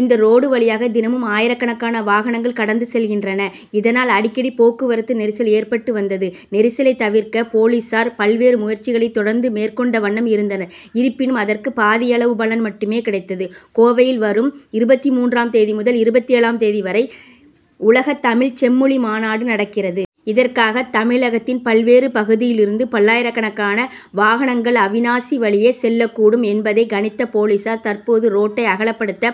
இந்த ரோடு வழியாக தினமும் ஆயிரக்கணக்கான வாகனங்கள் கடந்து செல்கின்றன. இதனால் அடிக்கடி போக்குவரத்து நெரிசல் ஏற்பட்டு வந்தது. நெரிசலை தவிர்க்க போலீசார் பல்வேறு முயற்சிகளை தொடர்ந்து மேற்கொண்ட வண்ணம் இருந்தனர். இருப்பினும் அதற்கு பாதியளவு பலன் மட்டுமே கிடைத்தது. கோவையில் வரும் இருபத்தி மூன்றாம் தேதி முதல் இருபத்தேழாம் தேதி வரை உலகத் தமிழ்ச் செம்மொழி மாநாடு நடக்கிறது. இதற்காக தமிழகத்தின் பல்வேறு பகுதியில் இருந்து பல்லாயிரக்கணக்கான வாகனங்கள் அவிநாசி வழியே செல்லக்கூடும் என்பதை கணித்த போலீசார் தற்போதுள்ள ரோட்டை அகலப்படுத்த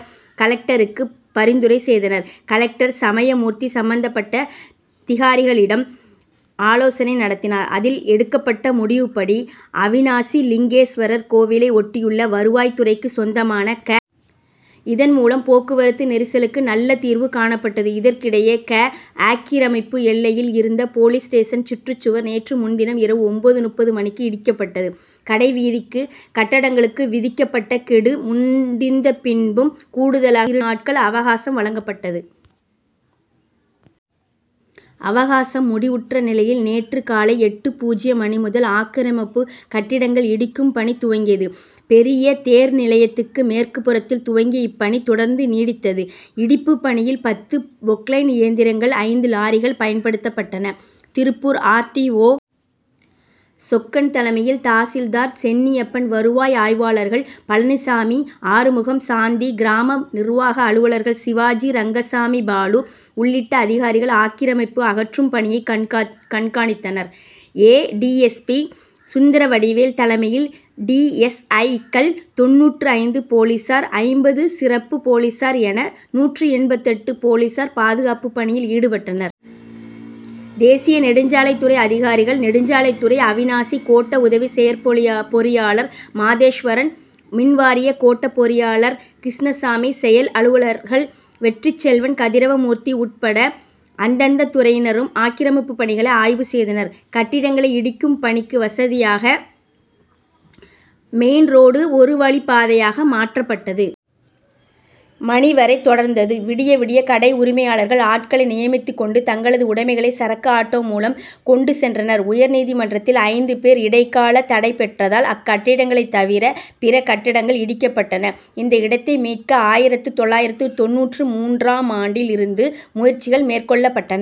கலெக்டருக்கு பரிந்துரை செய்தனர். கலெக்டர் சமயமூர்த்தி சம்பந்தப்பட்ட திகாரிகளிடம் ஆலோசனை நடத்தினார். அதில் எடுக்கப்பட்ட முடிவுப்படி அவிநாசிலிங்கேஸ்வரர் கோவிலை ஒட்டியுள்ள வருவாய்த்துறைக்கு சொந்தமான க. இதன் மூலம் போக்குவரத்து நெரிசலுக்கு நல்ல தீர்வு காணப்பட்டது. இதற்கிடையே க. ஆக்கிரமிப்பு எல்லையில் இருந்த போலீஸ் ஸ்டேஷன் சுற்றுச்சுவர் நேற்று முன்தினம் இரவு ஒன்பது.நுப்பது மணிக்கு இடிக்கப்பட்டது. கடை வீதி கட்டடங்களுக்கு விதிக்கப்பட்ட கெடு முடிந்த பின்பும் கூடுதலாக இரு நாட்கள் அவகாசம் வழங்கப்பட்டது. அவகாசம் முடிவுற்ற நிலையில் நேற்று காலை எட்டு.பூஜ்யம் மணி முதல் ஆக்கிரமிப்பு கட்டடங்கள் இடிக்கும் பணி துவங்கியது. பெரிய தேர் நிலையத்துக்கு மேற்குப்புறத்தில் துவங்கிய இப்பணி தொடர்ந்து நீடித்தது. இடிப்பு பணியில் பத்து பொக்லைன் இயந்திரங்கள் ஐந்து லாரிகள் பயன்படுத்தப்பட்டன. Tiruppur R. T. O. Chokkan தலமையில் தாசில்தார் சென்னியப்பன் வருவாய் ஆய்வாளர்கள் பழனிசாமி ஆறுமுகம் சாந்தி கிராம நிர்வாக அலுவலர்கள் சிவாஜி ரங்கசாமி பாலு உள்ளிட்ட அதிகாரிகள் ஆக்கிரமிப்பு அகற்றும் பணியை கண்காணித்தனர். A. D. S. P. Sundaravadivel தலைமையில் டி. எஸ். ஐ.க்கள் தொண்ணூற்று ஐந்து போலீசார் ஐம்பது சிறப்பு போலீசார் என நூற்று எண்பத்தெட்டு போலீசார் பாதுகாப்பு பணியில் ஈடுபட்டனர். தேசிய நெடுஞ்சாலைத்துறை அதிகாரிகள் நெடுஞ்சாலைத்துறை அவிநாசி கோட்ட உதவி செயற்பொறியாளர் மாதேஸ்வரன் மின்வாரிய கோட்ட பொறியாளர் கிருஷ்ணசாமி செயல் அலுவலர்கள் வெற்றிச்செல்வன் கதிரவமூர்த்தி உட்பட அந்தந்த துறையினரும் ஆக்கிரமிப்பு பணிகளை ஆய்வு செய்தனர். கட்டடங்களை இடிக்கும் பணிக்கு வசதியாக மெயின் ரோடு ஒரு வழிப்பாதையாக மாற்றப்பட்டது. மணி வரை தொடர்ந்தது. விடிய விடிய கடை உரிமையாளர்கள் ஆட்களை நியமித்துக் கொண்டு தங்களது உடைமைகளை சரக்கு ஆட்டோ மூலம் கொண்டு சென்றனர். உயர் நீதிமன்றத்தில் ஐந்து பேர் இடைக்கால தடை பெற்றதால் அக்கட்டிடங்களை தவிர பிற கட்டடங்கள் இடிக்கப்பட்டன. இந்த இடத்தை மீட்க ஆயிரத்து தொள்ளாயிரத்து தொண்ணூற்று மூன்றாம் ஆண்டில் இருந்து முயற்சிகள் மேற்கொள்ளப்பட்டன.